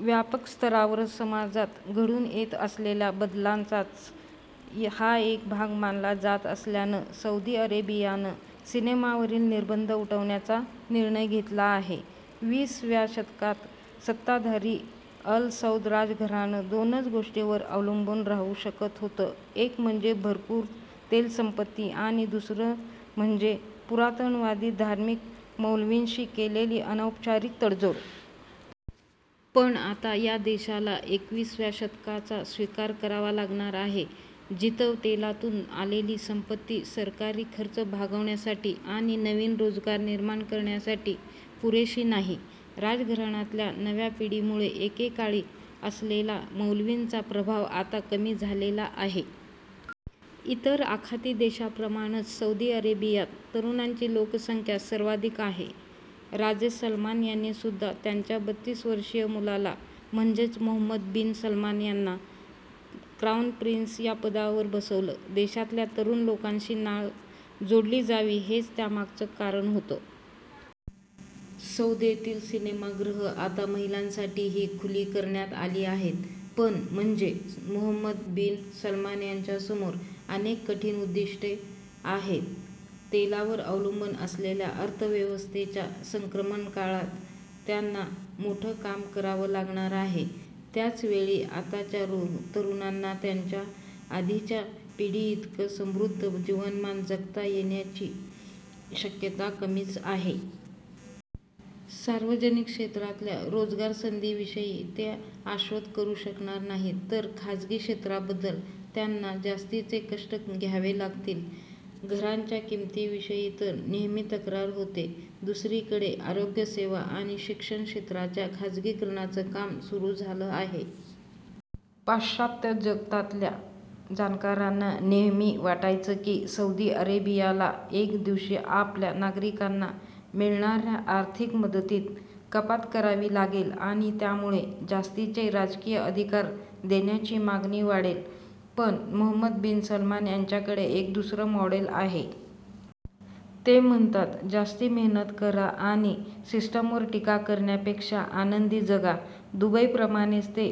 व्यापक स्तरावर समाजात घडून येत असलेल्या बदलांचाच हा एक भाग मानला जात असल्यानं सौदी अरेबियानं सिनेमावरील निर्बंध उठवण्याचा निर्णय घेतला आहे. वीस व्या शतकात सत्ताधारी अल सौद राजघराणं दोनच गोष्टींवर अवलंबून राहू शकत होतं, एक म्हणजे भरपूर तेल संपत्ती आणि दुसरं म्हणजे पुराणमतवादी धार्मिक मौलवींशी केलेली अनौपचारिक तडजोड. पण आता या देशाला एकवीस व्या शतकाचा स्वीकार करावा लागणार आहे. जिथं तेलातून आलेली संपत्ती सरकारी खर्च भागवण्यासाठी आणि नवीन रोजगार निर्माण करण्यासाठी पुरेशी नाही. राजघराण्यातल्या नव्या पिढीमुळे एकेकाळी असलेला मौलवींचा प्रभाव आता कमी झालेला आहे. इतर आखाती देशांप्रमाणंच सौदी अरेबियात तरुणांची लोकसंख्या सर्वाधिक आहे. राजे सलमान यांनीसुद्धा त्यांच्या बतीस वर्षीय मुलाला म्हणजेच मोहम्मद बिन सलमान यांना क्राऊन प्रिंस या पदावर बसवलं. देशातल्या तरुण लोकसंख्येशी नाळ जोडली जावी हेच त्यामागचं कारण होतं. सौदीतली सिनेमागृह आता महिलांसाठीही खुली करण्यात आली आहेत. पण म्हणजे मोहम्मद बिन सलमान यांच्यासमोर अनेक कठीण उद्दीष्ट आहेत. तेलावर अवलंबून असलेल्या अर्थव्यवस्थेच्या संक्रमण काळत त्यांना मोठं काम करावं लागणार आहे. त्याचवेळी आताच्या तरुणांना त्यांच्या आधीच्या पिढीइतकं समृद्ध जीवनमान जगता येण्याची शक्यता कमीच आहे. सार्वजनिक क्षेत्रातल्या रोजगार संधीविषयी ते आश्वस्त करू शकणार नाहीत तर खाजगी क्षेत्राबद्दल त्यांना जास्तीचे कष्ट घ्यावे लागतील. घरांच्या किंमतीविषयी तर नेहमी तक्रार होते. दुसरीकडे आरोग्यसेवा आणि शिक्षण क्षेत्राच्या खाजगीकरणाचं काम सुरू झालं आहे. पाश्चात्य जगतातल्या जाणकारांना नेहमी वाटायचं की सौदी अरेबियाला एका दिवशी आपल्या नागरीकांना मिळणाऱ्या आर्थिक मदतीत कपात करावी लागेल आणि त्यामुळे जास्तीचे राजकीय अधिकार देण्याची मागणी वाढेल. पण मोहम्मद बिन सलमान यांच्याकडे एक दूसर मॉडेल आहे. ते म्हणतात जास्ती मेहनत करा आणि सिस्टमवर टीका करण्यापेक्षा आनंदी जगा. दूबईप्रमाणेच ते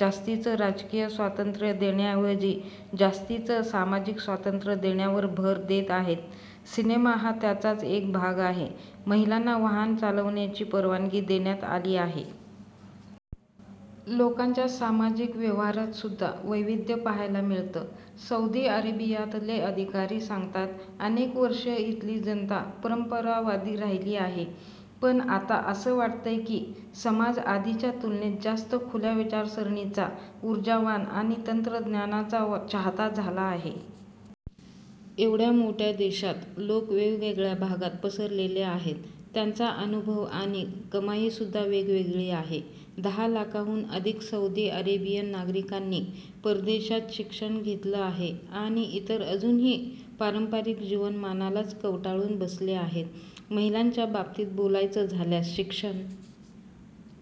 जास्तीचं राजकीय स्वातंत्र्य देण्याऐवजी जास्तीचं सामाजिक स्वातंत्र्य देण्यावर भर देत आहेत. सिनेमा हा त्याचाच एक भाग आहे. महिलांना वाहन चालवण्याची परवानगी देण्यात आली आहे. लोकांच्या सामाजिक व्यवहारात सुद्धा वैविध्य पाहायला मिळतं. सौदी अरेबियातले अधिकारी सांगतात अनेक वर्षं इथली जनता परंपरावादी राहीली आहे, पण आता असं वाटतंय की समाज आधीच्या तुलनेत जास्त खुल्या विचारसरणीचा, उर्जावान आणि तंत्रज्ञानाचा चाहता झाला आहे. एवढ्या मोठ्या देशात लोक वेगवेगळ्या भागात पसरलेले आहेत. त्यांचा अनुभव आणि कमाईसुद्धा वेगवेगळी आहे. दहा लाखांहून अधिक सौदी अरेबियन नागरिकांनी परदेशात शिक्षण घेतलं आहे आणि इतर अजूनही पारंपारिक जीवनमानालाच कवटाळून बसले आहेत. महिलांच्या बाबतीत बोलायचं झाल्यास शिक्षण